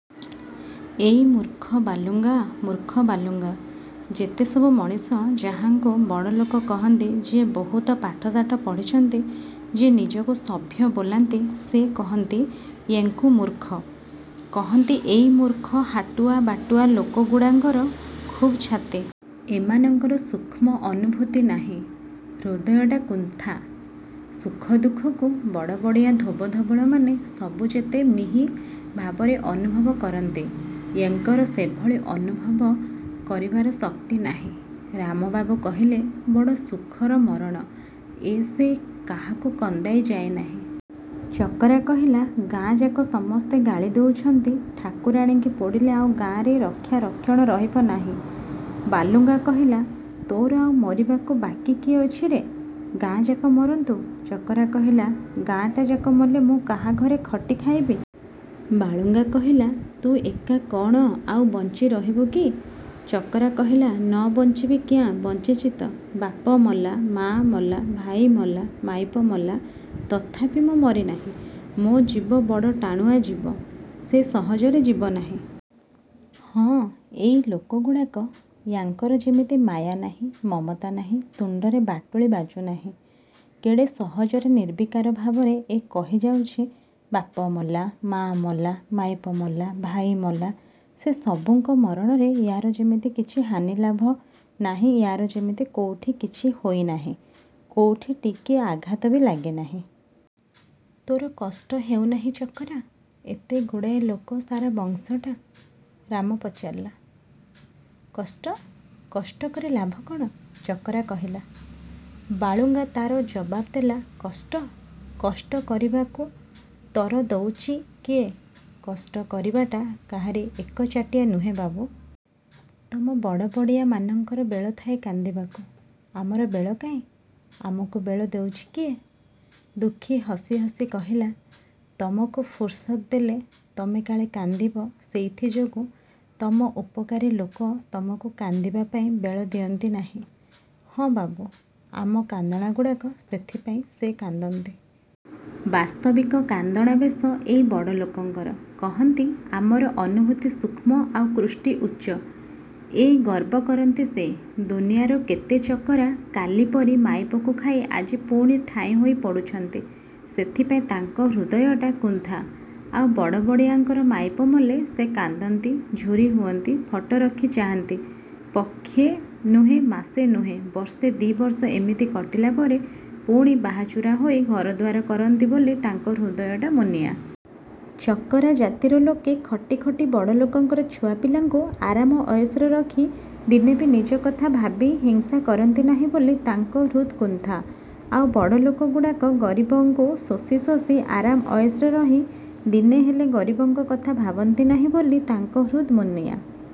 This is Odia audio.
ଏଇ ମୂର୍ଖ ବାଳୁଙ୍ଗା ମୂର୍ଖ ବାଳୁଙ୍ଗା! ଯେତେ ସବୁ ମଣିଷ ଯାହାଙ୍କୁ ବଡ଼ଲୋକ କହନ୍ତି ଯିଏ ବହୁତ ପାଠ ଶାଠ ପଢ଼ିଛନ୍ତି ଯିଏ ନିଜକୁ ସଭ୍ୟ ବୋଲାନ୍ତି ସେ କହନ୍ତି ୟେଙ୍କୁ ମୂର୍ଖ। କହନ୍ତି ଏଇ ମୂର୍ଖ ହାଟୁଆ ବାଟୁଆ ଲୋକଗୁଡ଼ାଙ୍କର ଖୁବ୍ ଛାତି। ଏମାନଙ୍କର ସୂଷ୍ମ ଅନୁଭୂତି ନାହିଁ। ହୃଦୟଟା କୁନ୍ଥା। ସୁଖ ଦୁଃଖକୁ ବଡ଼ବଡ଼ିଆ ଧୋବ ଧବଳମାନେ ସବୁ ଯେତେ ମିହି ଭାବରେ ଅନୁଭବ କରନ୍ତି ୟେଙ୍କର ସେଭଳି ଅନୁଭବ କରିବାର ଶକ୍ତି ନାହିଁ। ରାମବାବୁ କହିଲେ ବଡ଼ ସୁଖର ମରଣ ଏସେ କାହାକୁ କନ୍ଦାଇ ଯାଏ ନାହିଁ। ଚକରା କହିଲା ଗାଁଯାକ ସମସ୍ତେ ଗାଳି ଦେଉଛନ୍ତି ଠାକୁରାଣୀଙ୍କି ପୋଡ଼ିଲେ ଆଉ ଗାଁରେ ରକ୍ଷା ରକ୍ଷଣ ରହିବ ନାହିଁ। ବାଳୁଙ୍ଗା କହିଲା ତୋର ଆଉ ମରିବାକୁ ବାକି କିଏ ଅଛିରେ? ଗାଁଯାକ ମରନ୍ତୁ! ଚକରା କହିଲା ଗାଁଟାଯାକ ମଲେ ମୁଁ କାହାଘରେ ଖଟି ଖାଇବି? ବାଳୁଙ୍ଗା କହିଲା ତୁ ଏକା କ'ଣ ଆଉ ବଞ୍ଚି ରହିବୁ କି? ଚକରା କହିଲା ନ ବଞ୍ଚିବି କିଆଁ ବଞ୍ଚିଛି ତ! ବାପ ମଲା, ମା ମଲା, ଭାଇ ମଲା, ମାଇପ ମଲା ତଥାପି ମୁଁ ମରି ନାହିଁ। ମୋ ଜୀବ ବଡ଼ ଟାଣୁଆ ଜୀବ ସେ ସହଜରେ ଯିବ ନାହିଁ। ହଁ ଏଇ ଲୋକଗୁଡ଼ାକ। ୟାଙ୍କର ଯେମିତି ମାୟା ନାହିଁ ମମତା ନାହିଁ ତୁଣ୍ଡରେ ବାଟୁଳି ବାଜୁନାହିଁ କେଡ଼େ ସହଜରେ ନିର୍ବିକାର ଭାବରେ ଏ କହିଯାଉଚି ବାପମଲା, ମା ମଲା, ମାଇପ ମଲା, ଭାଇ ମଲା ସେ ସବୁଙ୍କ ମରଣରେ ୟାର ଯେମିତି କିଛି ହାନିଲାଭ ନାହିଁ ୟାର ଯିମିତି କୋଉଠି କିଛି ହେଇ ନାହିଁ କୋଉଠି ଟିକିଏ ଆଘାତ ବି ଲାଗି ନାହିଁ। ତୋର କଷ୍ଟ ହଉ ନାହିଁ ଚକରା ଏତେଗୁଡ଼ାଏ ଲୋକ ସାରା ବଂଶଟା? ରାମ ପଚାରିଲା। କଷ୍ଟ? କଷ୍ଟ କରି ଲାଭ କ'ଣ? ଚକରା କହିଲା। ବାଳୁଙ୍ଗା ତା'ର ଜବାବ ଦେଲା କଷ୍ଟ? କଷ୍ଟ କରିବାକୁ ତର ଦଉଚି କିଏ? କଷ୍ଟ କରିବାଟା କାହାରି ଏକଚାଟିଆ ନୁହେଁ ବାବୁ। ତମ ବଡ଼ବଡ଼ିଆମାନଙ୍କର ବେଳଥାଏ କାନ୍ଦିବାକୁ। ଆମର ବେଳ କାହିଁ? ଆମକୁ ବେଳ ଦଉଚି କିଏ? ଦୁଃଖୀ ହସି ହସି କହିଲା ତମକୁ ଫୁରୁସତ୍ ଦେଲେ ତମେ କାଳେ କାନ୍ଦିବ ସେଇଥି ଯୋଗୁଁ ତମ ଉପକାରୀ ଲୋକେ ତମକୁ କାନ୍ଦିବାପାଇଁ ବେଳ ଦିଅନ୍ତି ନାହିଁ। ହଁ ବାବୁ ଆମ କାନ୍ଦଣାଗୁଡ଼ାକ ସେଥିପାଇଁ ସେ କାନ୍ଦନ୍ତି। ବାସ୍ତବିକ କାନ୍ଦଣା ବେଶ ଏଇ ବଡ଼ଲୋକଙ୍କର। କହନ୍ତି ଆମର ଅନୁଭୂତି ସୂକ୍ଷ୍ମ ଆଉ କୃଷ୍ଟି ଉଚ୍ଚ। ଏ ଗର୍ବ କରନ୍ତି ସେ। ଦୁନିଆର କେତେ ଚକରା କାଲି ପରି ମାଇପକୁ ଖାଇ ଆଜି ପୁଣି ଠାଇଁ ହେଇ ପଡ଼ୁଛନ୍ତି। ସେଥିପାଇଁ ତାଙ୍କ ହୃଦୟଟା କୁନ୍ଥା। ଆଉ ବଡ଼ବଡ଼ିଆଙ୍କର ମାଇପ ମଲେ ସେ କାନ୍ଦନ୍ତି, ଝୁରି ହୁଅନ୍ତି, ଫଟ ରଖି ଚାହାଁନ୍ତି, ପକ୍ଷେ ନୁହେଁ ମାସେ ନୁହେଁ ବର୍ଷେ ଦି' ବର୍ଷ ଏମିତି କଟିଲା ପରେ ପୁଣି ବାହାଚୁରା ହୋଇ ଘରଦୁଆର କରନ୍ତି ବୋଲି ତାଙ୍କ ହୃଦୟଟା ମୁନିଆ। ଚକରା ଜାତିର ଲୋକେ ଖଟି ଖଟି ବଡ଼ଲୋକଙ୍କର ଛୁଆପିଲାଙ୍କୁ ଆରାମ ଅୟସରେ ରଖି ଦିନେବି ନିଜ କଥା ଭାବି ହିଂସା କରନ୍ତି ନାହିଁ ବୋଲି ତାଙ୍କ ହୃଦ୍ କୁନ୍ଥା, ଆଉ ବଡ଼ଲୋକଗୁଡ଼ାକ ଗରିବଙ୍କୁ ଶୋଷି ଶୋଷି ଆରାମ ଅୟସରେ ରହି ଦିନେହେଲେ ଗରିବଙ୍କ କଥା ଭାବନ୍ତି ନାହିଁ ବୋଲି ତାଙ୍କ ହୃଦ୍ ମୁନିଆ।